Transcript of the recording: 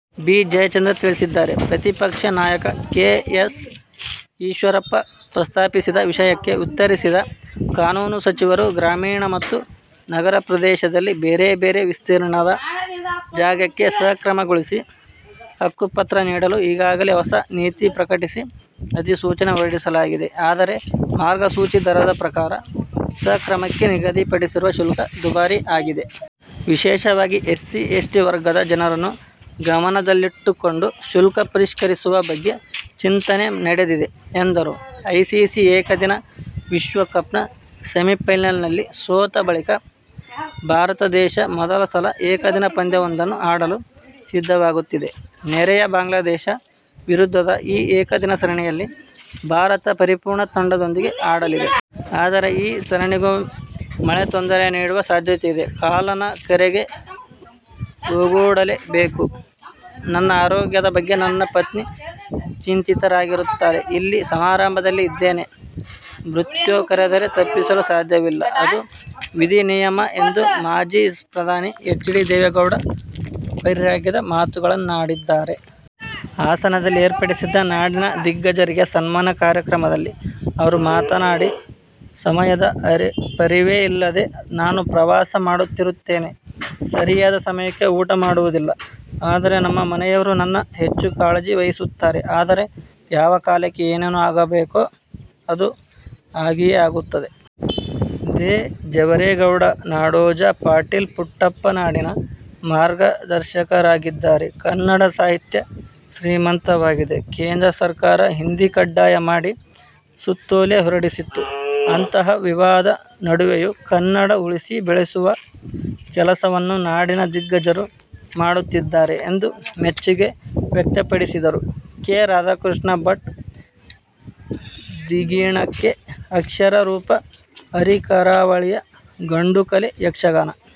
B. Jayachandra ತಿಳಿಸಿದ್ದಾರೆ. ಪ್ರತಿಪಕ್ಷ ನಾಯಕ ಕೆ. ಎಸ್. ಈಶ್ವರಪ್ಪ ಪ್ರಸ್ತಾಪಿಸಿದ ವಿಷಯಕ್ಕೆ ಉತ್ತರಿಸಿದ ಕಾನೂನು ಸಚಿವರು ಗ್ರಾಮೀಣ ಮತ್ತು ನಗರ ಪ್ರದೇಶದಲ್ಲಿ ಬೇರೆ-ಬೇರೆ ವಿಸ್ತೀರ್ಣದ ಜಾಗಕ್ಕೆ ಸಕ್ರಮ ಗೊಳಿಸಿ ಹಕ್ಕುಪತ್ರ ನೀಡಲು ಈಗಾಗಲೇ ಹೊಸ ನೀತಿ ಪ್ರಕಟಿಸಿ, ಅಧಿಸೂಚನೆ ಹೊರಡಿಸಲಾಗಿದೆ. ಆದರೆ, ಮಾರ್ಗಸೂಚಿ ದರದ ಪ್ರಕಾರ ಸಕ್ರಮಕ್ಕೆ ನಿಗದಿಪಡಿಸಿರುವ ಶುಲ್ಕ ದುಬಾರಿ ಆಗಿದೆ. ವಿಶೇಷವಾಗಿ ಎಸ್ಸಿ, ಎಸ್ಟಿ ವರ್ಗದ ಜನರನ್ನು ಗಮನದಲ್ಲಿಟ್ಟುಕೊಂಡು ಶುಲ್ಕ ಪರಿಷ್ಕರಿಸುವ ಬಗ್ಗೆ ಚಿಂತನೆ ನಡೆದಿದೆ ಎಂದರು. ಐಸಿಸಿ ಏಕದಿನ ವಿಶ್ವ ಕಪ್ನ ಸೆಮಿಫೈನಲ್ನಲ್ಲಿ ಸೋತ ಬಳಿಕ ಭಾರತ ದೇಶ ಮೊದಲ ಸಲ ಏಕದಿನ ಪಂದ್ಯವೊಂದನ್ನು ಆಡಲು ಸಿದ್ಧವಾಗುತ್ತಿದೆ. ನೆರೆಯ ಬಾಂಗ್ಲಾದೇಶ ವಿರುದ್ಧದ ಈ ಏಕದಿನ ಸರಣಿಯಲ್ಲಿ ಭಾರತ ಪರಿಪೂರ್ಣ ತಂಡದೊಂದಿಗೆ ಆಡಲಿದೆ. ಆದರೆ ಈ ಸರಣಿಗೂ ಮಳೆ ತೊಂದರೆ ನೀಡುವ ಸಾಧ್ಯತೆಯಿದೆ. ''''''ಕಾಲನ ಕರೆಗೆ ಓಗೊಡಲೇ ಬೇಕು. ನನ್ನ ಆರೋಗ್ಯದ ಬಗ್ಗೆ ನನ್ನ ಪತ್ನಿ ಚಿಂತಿತರಾಗಿರುತ್ತಾರೆ. ಇಲ್ಲಿ ಸಮಾರಂಭದಲ್ಲಿ ಇದ್ದೇನೆ. ಮೃತ್ಯು ಕರೆದರೆ ತಪ್ಪಿಸಲು ಸಾಧ್ಯವಿಲ್ಲ. ಅದು ವಿಧಿ ನಿಯಮ ಎಂದು ಮಾಜಿ ಪ್ರಧಾನಿ ಎಚ್. ಡಿ. ದೇವೇಗೌಡ ವೈರಾಗ್ಯದ ಮಾತುಗಳನ್ನಾಡಿದ್ದಾರೆ. ಹಾಸನದಲ್ಲಿ ಏರ್ಪಡಿಸಿದ್ದ ನಾಡಿನ ದಿಗ್ಗಜರಿಗೆ ಸನ್ಮಾನ ಕಾರ್ಯಕ್ರಮದಲ್ಲಿ ಅವರು ಮಾತನಾಡಿ, ''''ಸಮಯದ ಪರಿವೇ ಇಲ್ಲದೆ ನಾನು ಪ್ರವಾಸ ಮಾಡುತ್ತಿರುತ್ತೇನೆ. ಸರಿಯಾದ ಸಮಯಕ್ಕೆ ಊಟ ಮಾಡುವುದಿಲ್ಲ. ಆದರೆ ನಮ್ಮ ಮನೆಯವರು ನನ್ನ ಹೆಚ್ಚು ಕಾಳಜಿ ವಹಿಸುತ್ತಾರೆ. ಆದರೆ ಯಾವ ಕಾಲಕ್ಕೆ ಏನೇನು ಆಗಬೇಕೋ ಅದು ಆಗಿಯೇ ಆಗುತ್ತದೆ. ದೇ. ಜವರೇಗೌಡ, ನಾಡೋಜ ಪಾಟೀಲ್ ಪುಟ್ಟಪ್ಪ ನಾಡಿನ ಮಾರ್ಗದರ್ಶಕರಾಗಿದ್ದಾರೆ. ಕನ್ನಡ ಸಾಹಿತ್ಯ ಶ್ರೀಮಂತವಾಗಿದೆ. ಕೇಂದ್ರ ಸರ್ಕಾರ ಹಿಂದಿ ಕಡ್ಡಾಯ ಮಾಡಿ ಸುತ್ತೋಲೆ ಹೊರಡಿಸಿತ್ತು. ಅಂತಹ ವಿವಾದದ ನಡುವೆಯೂ ಕನ್ನಡ ಉಳಿಸಿ ಬೆಳೆಸುವ ಕೆಲಸವನ್ನು ನಾಡಿನ ದಿಗ್ಗಜರು ಮಾಡುತ್ತಿದ್ದಾರೆ ಎಂದು ಮೆಚ್ಚುಗೆ ವ್ಯಕ್ತಪಡಿಸಿದರು. ಕೆ. ರಾಧಾಕೃಷ್ಣ ಭಟ್; ಧಿಗಿಣಕ್ಕೆ ಅಕ್ಷರ ರೂಪ: ಹರಿಕರಾವಳಿಯ ಗಂಡುಕಲೆ ಯಕ್ಷಗಾನ.